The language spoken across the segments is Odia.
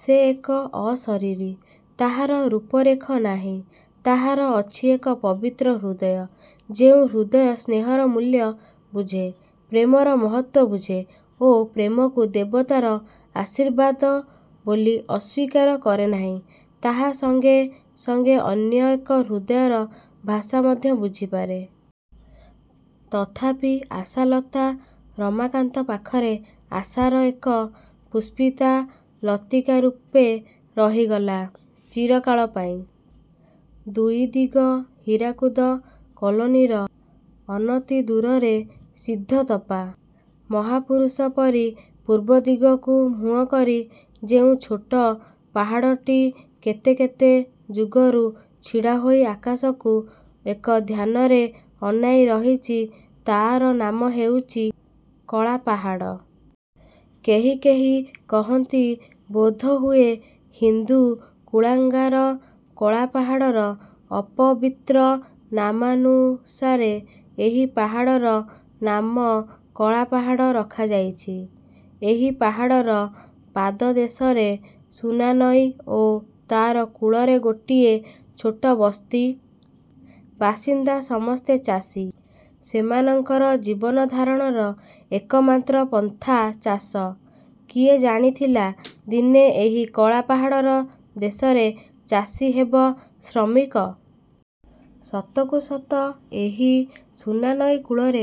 ସେ ଏକ ଅଶରୀରୀ। ତାହାର ରୂପରେଖ ନାହିଁ। ତାହାର ଅଛି ଏକ ପବିତ୍ର ହୃଦୟ, ଯେଉଁ ହୃଦୟ ସ୍ନେହର ମୂଲ୍ୟ ବୁଝେ, ପ୍ରେମର ମହତ୍ତ୍ଵ ବୁଝେ ଓ ପ୍ରେମକୁ ଦେବତାର ଆଶୀର୍ବାଦ ବୋଲି ଅସ୍ୱୀକାର କରେନାହିଁ। ତାହା ସଙ୍ଗେ ସଙ୍ଗେ ଅନ୍ୟଏକ ହୃଦୟର ଭାଷା ମଧ୍ୟ ବୁଝିପାରେ। ତଥାପି ଆଶାଲତା ରମାକାନ୍ତ ପାଖରେ ଆଶାର ଏକ। ପୁଷ୍ପିତା ଲତିକାରୂପେ ରହିଗଲା ଚିରକାଳ ପାଇଁ। ଦୁଇ ଦିଗ ହୀରାକୁଦ କଲୋନିର ଅନତିଦୂରରେ ସିଦ୍ଧତପା ମହାପୁରୁଷ ପରି ପୂର୍ବଦିଗକୁ ମୁହଁକରି ଯେଉଁ ଛୋଟ ପାହାଡ଼ଟି କେତେକେତେ ଯୁଗରୁ ଛିଡ଼ାହୋଇ ଆକାଶକୁ ଏକ ଧ୍ୟାନରେ ଅନାଇ ରହିଛି ତା'ର ନାମ ହେଉଛି 'କଳାପାହାଡ଼'। କେହି କେହି କହନ୍ତି ବୋଧହୁଏ ହିନ୍ଦୁ କୁଳାଙ୍ଗାର କଳାପାହାଡ଼ର ଅପବିତ୍ର ନାମାନୁସାରେ ଏହି ପାହାଡ଼ର ନାମ କଳାପାହାଡ଼ ରଖାଯାଇଛି। ଏହି ପାହାଡ଼ର ପାଦଦେଶରେ ସୁନାନଈ ଓ ତା'ର କୂଳରେ ଗୋଟିଏ ଛୋଟ ବସ୍ତି। ବାସିନ୍ଦା ସମସ୍ତେ ଚାଷୀ। ସେମାନଙ୍କର ଜୀବନଧାରଣର ଏକମାତ୍ର ପନ୍ଥା ଚାଷ। କିଏ ଜାଣିଥିଲା ଦିନେ ଏହି କଳାପାହାଡ଼ର ଦେଶରେ ଚାଷୀ ହେବ ଶ୍ରମିକ? ସତକୁ ସତ ଏହି ସୁନାନଈ କୂଳରେ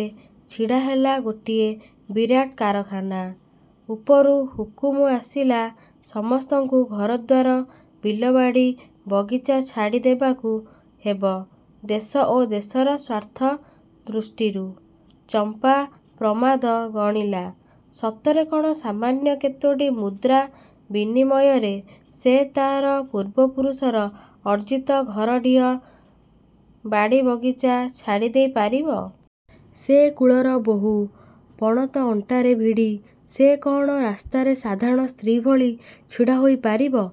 ଛିଡ଼ାହେଲା ଗୋଟାଏ ବିରାଟ କାରଖାନା। ଉପରୁ ହୁକୁମ ଆସିଲା ସମସ୍ତଙ୍କୁ ଘରଦ୍ୱାର, ବିଲବାଡ଼ି, ବଗିଚା ଛାଡ଼ି ଦେବାକୁ ହେବ ଦେଶ ଓ ଦେଶର ସ୍ୱାର୍ଥ ଦୃଷ୍ଟିରୁ। ଚମ୍ପା ପ୍ରମାଦ ଗଣିଲା। ସତରେ କ'ଣ ସାମାନ୍ୟ କେତୋଟି ମୁଦ୍ରା ବିନିମୟରେ ସେ ତା'ର ପୂର୍ବପୁରୁଷର ଅର୍ଜିତ ଘରଡିହ, ବାଡ଼ିବଗିଚା ଛାଡ଼ିଦେଇ ପାରିବ? ସେ କୁଳର ବୋହୂ। ପଣତ ଅଣ୍ଟାରେ ଭିଡ଼ି ସେ କ'ଣ ରାସ୍ତାରେ ସାଧାରଣ ସ୍ତ୍ରୀ ଭଳି ଛିଡ଼ାହୋଇପାରିବ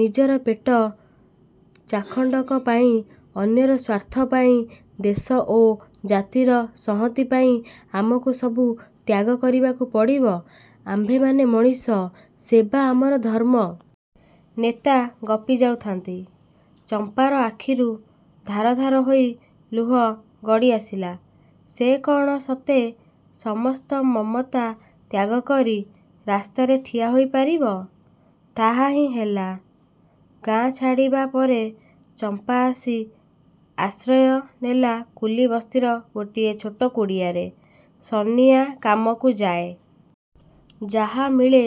ନିଜର ପେଟ ଚାଖଣ୍ଡକ ପାଇଁ? ''ଅନ୍ୟର ସ୍ୱାର୍ଥ ପାଇଁ, ଦେଶ ଓ ଜାତିର ସଂହତି ପାଇଁ ଆମକୁ ସବୁ ତ୍ୟାଗ କରିବାକୁ ପଡ଼ିବ। ଆମ୍ଭେମାନେ ମଣିଷ। ସେବା ଆମର ଧର୍ମ। '' ନେତା ଗପିଯାଉଥାନ୍ତି। ଚମ୍ପାର ଆଖିରୁ ଧାର ଧାର ହୋଇ ଲୁହ ଗଡ଼ିଆସିଲା। ସେ କ'ଣ ସତେ ସମସ୍ତ ମମତା ତ୍ୟାଗକରି ରାସ୍ତାରେ ଠିଆ ହୋଇପାରିବ? ତାହାହିଁ ହେଲା। ଗାଁ ଛାଡ଼ିବାପରେ ଚମ୍ପା ଆସି ଆଶ୍ରୟ ନେଲା କୁଲିବସ୍ତିର ଗୋଟିଏ ଛୋଟ କୁଡ଼ିଆରେ। ସନିଆ କାମକୁ ଯାଏ। ଯାହା ମିଳେ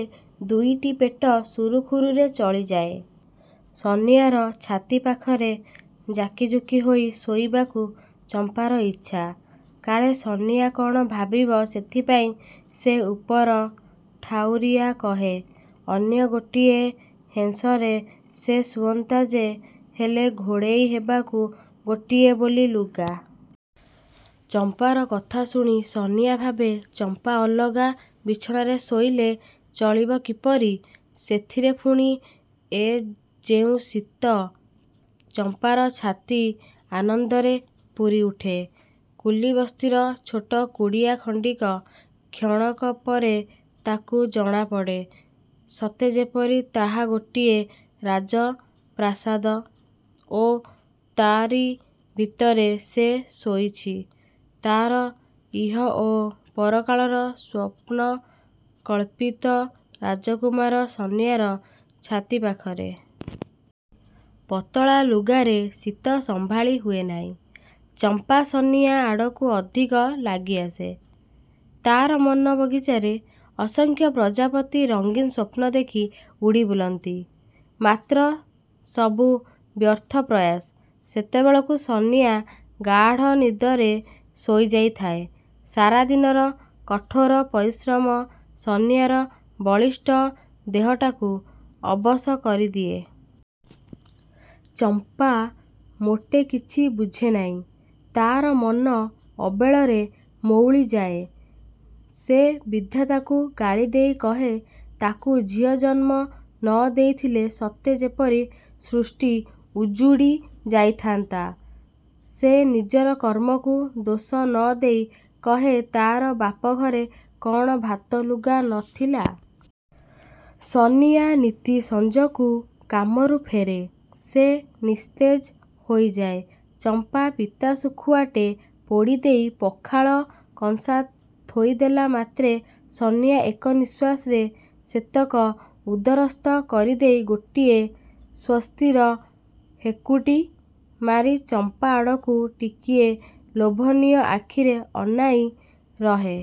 ଦୁଇଟି ପେଟ ସୁରୁଖୁରୁରେ ଚଳିଯାଏ। ସନିଆର ଛାତି ପାଖରେ ଯାକିଯୁକି ହୋଇ ଶୋଇବାକୁ ଚମ୍ପାର ଇଚ୍ଛା। କାଳେ ସନିଆ କ'ଣ ଭାବିବ ସେଥିପାଇଁ ସେ ଉପରଠାଉରିଆ କହେ, ''ଅନ୍ୟ ଗୋଟିଏ ହେଁସରେ ସେ ଶୁଅନ୍ତା ଯେ ହେଲେ ଘୋଡ଼େଇ ହେବାକୁ ଗୋଟିଏ ବୋଲି ଲୁଗା। '' ଚମ୍ପାର କଥା ଶୁଣି ସନିଆ ଭାବେ ଚମ୍ପା ଅଲଗା ବିଛଣାରେ ଶୋଇଲେ ଚଳିବ କିପରି-? ସେଥିରେ ପୁଣି ଏ ଯେଉଁ ଶୀତ। ଚମ୍ପାର ଛାତି ଆନନ୍ଦରେ ପୂରିଉଠେ। କୁଲିବସ୍ତିର ଛୋଟ କୁଡ଼ିଆଖଣ୍ଡିକ କ୍ଷଣକପରେ ତାକୁ ଜଣାପଡ଼େ ସତେଯେପରି ତାହା ଗୋଟାଏ ରାଜପ୍ରାସାଦ ଓ ତାରି ଭିତରେ ସେ ଶୋଇଛି ତା'ର ଇହ ଓ ପରକାଳର ସ୍ୱପ୍ନକଳ୍ପିତ ରାଜକୁମାର ସନିଆର ଛାତି ପାଖରେ। ପତଳା ଲୁଗାରେ ଶୀତ ସମ୍ଭାଳି ହୁଏ ନାହିଁ। ଚମ୍ପା ସନିଆ ଆଡ଼କୁ ଅଧିକ ଲାଗିଆସେ। ତା'ର ମନ ବଗିଚାରେ ଅସଂଖ୍ୟ ପ୍ରଜାପତି ରଙ୍ଗିନ୍ ସ୍ୱପ୍ନଦେଖି ଉଡ଼ିବୁଲନ୍ତି। ମାତ୍ର ସବୁ ବ୍ୟର୍ଥ ପ୍ରୟାସ। ସେତେବେଳକୁ ସନିଆ ଗାଢ଼ନିଦରେ ଶୋଇଯାଇଥାଏ। ସାରାଦିନର କଠୋର ପରିଶ୍ରମ ସନିଆର ବଳିଷ୍ଠ ଦେହଟାକୁ ଅବଶ କରିଦିଏ। ଚମ୍ପା ମୋଟେ କିଛି ବୁଝେ ନାହିଁ। ତା'ର ମନ ଅବେଳରେ ମଉଳିଯାଏ। ସେ ବିଧାତାକୁ ଗାଳିଦେଇ କହେ ତାକୁ ଝିଅ ଜନ୍ମ ନ ଦେଇଥିଲେ ସତେଯେପରି ସୃଷ୍ଟି ଉଜୁଡ଼ି ଯାଇଥାନ୍ତା। ସେ ନିଜର କର୍ମକୁ ଦୋଷ ନ ଦେଇ କହେ ତା'ର ବାପଘରେ କ'ଣ ଭାତଲୁଗା ନ ଥିଲା? ସନିଆ ନିତି ସଞ୍ଜକୁ କାମରୁ ଫେରେ। ସେ ନିସ୍ତେଜ ହୋଇଯାଏ। ଚମ୍ପା ପିତାଶୁଖୁଆଟେ ପୋଡ଼ିଦେଇ ପଖାଳ କଂସା ଥୋଇଦେଲା ମାତ୍ରେ ସନିଆ ଏକ ନିଶ୍ୱାସରେ ସେତକ ଉଦରସ୍ଥ କରିଦେଇ ଗୋଟିଏ ସ୍ୱସ୍ତିର ହେକୁଟି ମାରି ଚମ୍ପା ଆଡ଼କୁ ଟିକିଏ ଲୋଭନୀୟ ଆଖିରେ ଅନାଇ ରହେ।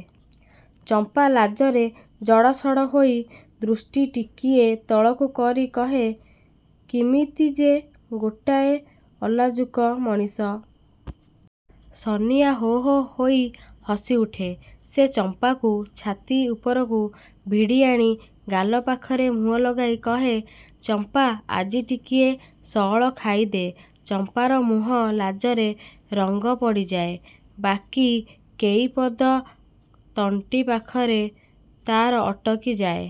ଚମ୍ପା ଲାଜରେ ଜଡ଼ ସଡ଼ ହୋଇ ଦୃଷ୍ଟି ଟିକିଏ ତଳକୁ କରି କହେ ''କିମିତି ଯେ ଗୋଟାଏ ଅଲାଜୁକ ମଣିଷ। '' ସନିଆ ହୋହୋ ହୋଇ ହସିଉଠେ। ସେ ଚମ୍ପାକୁ ଛାତି ଉପରକୁ ଭିଡ଼ିଆଣି ଗାଲପାଖରେ ମୁହଁ ଲଗାଇ କହେ ''ଚମ୍ପା ଆଜି ଟିକିଏ ସଅଳ ଖାଇଦେ। '' ଚମ୍ପାର ମୁହଁ ଲାଜରେ ରଙ୍ଗ ପଡ଼ି ଯାଏ। '' ବାକି କେଇପଦ ତଣ୍ଟିପାଖରେ ତା'ର ଅଟକି ଯାଏ।